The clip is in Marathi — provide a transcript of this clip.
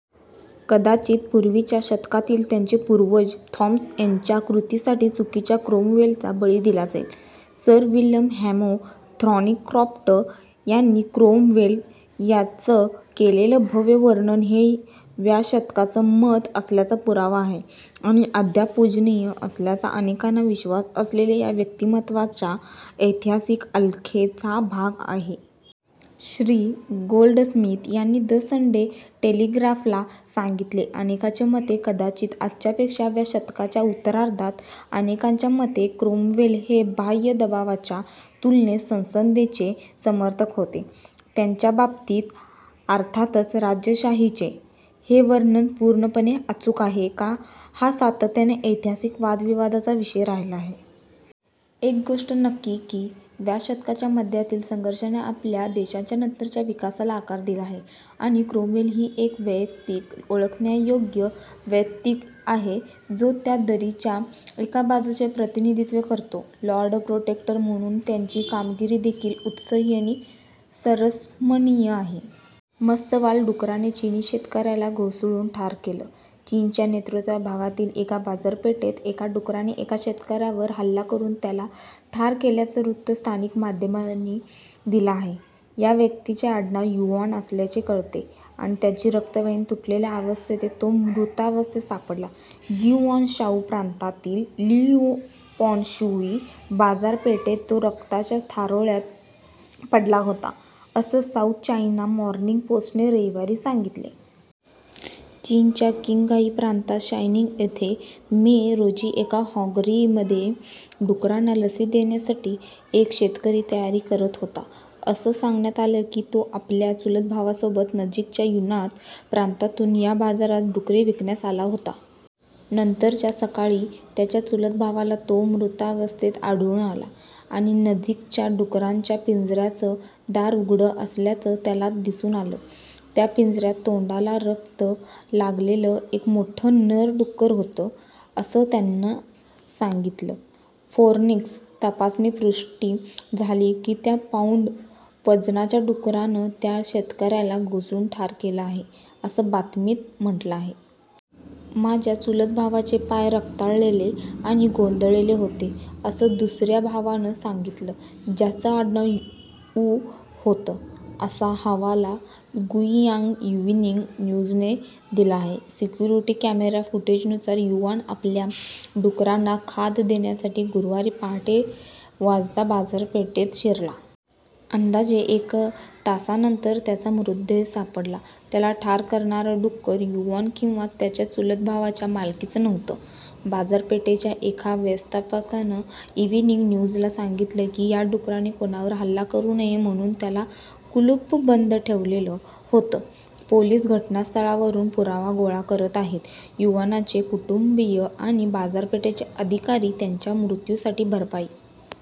कदाचित पूर्वीच्या शतकातील त्यांचे पूर्वज थॉमस यांच्या कृतींसाठी चुकीच्या क्रोमवेलचा बळी दिला जाईल. सर विल्यम हॅमो थॉर्नीक्रॉफ्ट यांनी क्रोमवेल यांचं केलेलं भव्य वर्णन हे व्या शतकाचं मत असल्याचा पुरावा आहे आणि अद्याप पूजनीय असल्याचा अनेकांना विश्वास असलेल्या या व्यक्तिमत्वाच्या ऐतिहासिक आलेखाचा भाग आहे. श्री. गोल्डस्मिथ यांनी द संडे टेलिग्राफला सांगितले: "अनेकांच्या मते, कदाचित आजच्यापेक्षा व्या शतकाच्या उत्तरार्धात अनेकांच्या मते, क्रोमवेल हे, बाह्य दबावाच्या तुलनेत संसदेचे समर्थक होते, त्यांच्या बाबतीत अर्थातच राजेशाहीचे. हे वर्णन पूर्णपणे अचूक आहे का हा सातत्याने ऐतिहासिक वादविवादाचा विषय राहिला आहे. एक गोष्ट नक्की की व्या शतकाच्या मध्यातील संघर्षाने आपल्या देशाच्या नंतरच्या विकासाला आकार दिला आहे, आणि क्रोमवेल ही एक वैयक्तिक ओळखण्यायोग्य व्यक्ति आहे जो त्या दरीच्या एका बाजूचे प्रतिनिधीत्व करतो. लॉर्ड प्रोटेक्टर म्हणून त्याची कामगिरी देखील उत्सवी आणि संस्मरणीय आहे. " मस्तवाल डुकराने चिनी शेतकऱ्याला घोसळून ठार केलं चीनच्या नैऋत्य भागातील एका बाजारपेठेत एका डुकराने एका शेतकऱ्यावर हल्ला करुन त्याला ठार केल्याचं वृत्त स्थानिक माध्यमांनी दिलं आहे. या व्यक्तिचे आडनाव "युआन," असल्याचे कळते आणि त्याची रक्तवाहिनी तुटलेल्या अवस्थेत तो मृतावस्थेत सापडला, ग्विशाऊ प्रांतातील लिउपान्शुई बाजारपेठेत तो रक्ताच्या थारोळ्यात पडला होता असं साऊथ चायना मॉर्निंग पोस्टने रविवारी सांगितले. चीनच्या किंगघाई प्रांतात शायनिंग इथे मे, रोजी एका हॉगरीमध्ये डुकरांना लसी देण्यासठी एक शेतकरी तयारी करत होता. असं सांगण्यात आलं की तो आपल्या चुलतभावासोबत नजिकच्या युन्नान प्रांतातून या बाजारात डुकरे विकण्यास आला होता. नंतरच्या सकाळी, त्याच्या चुलत भावाला तो मृतावस्थेत आढळून आला, आणि नजिकच्या डुकरांच्या पिंजऱ्याचं दार उघडं असल्याचं त्याला दिसून आलं. त्या पिंजऱ्यात तोंडाला रक्त लागलेलं एक मोठं नर डुक्कर होतं असं त्यानं सांगितलं. फोरेन्सिक तपासणीत पुष्टि झाली की त्या पाऊंड वजनाच्या डुकरान त्या शेतकऱ्याला घोसळून ठार केलं आहे, असं बातमीत म्हटलं आहे. "माझ्या चुलत भावाचे पाय रक्ताळलेले आणि गोंधळलेले होते," असं दुसऱ्या भावानं सांगितलं, ज्याचं आडनाव "वु," होतं, असा हवाला गुईयांग इविनींग न्यूजने दिला आहे. सिक्युरिटी कॅमेरा फुटेजनुसार युआन आपल्या डुकरांना खाद्य देण्यासाठी गुरूवारी पहाटे वाजता बाजारपेठेत शिरला. अंदाजे एक तासानंतर त्याचा मृतदेह सापडला. त्याला ठार करणारं डुक्कर युआन किंवा त्याच्या चुलत भावाच्या मालकीचं नव्हतं. बाजारपेठेच्या एका व्यवस्थापकानं इविनींग न्यूजला सांगितलं की या डुकराने कोणावर हल्ला करु नये म्हणून त्याला कुलूपबंद ठेवलेलं होतं, पोलिस घटनास्थळावरुन पुरावा गोळा करत आहेत. युआनचे कुटुंबीय आणि बाजारपेठेचे अधिकारी त्याच्या मृत्युसाठी भरपाई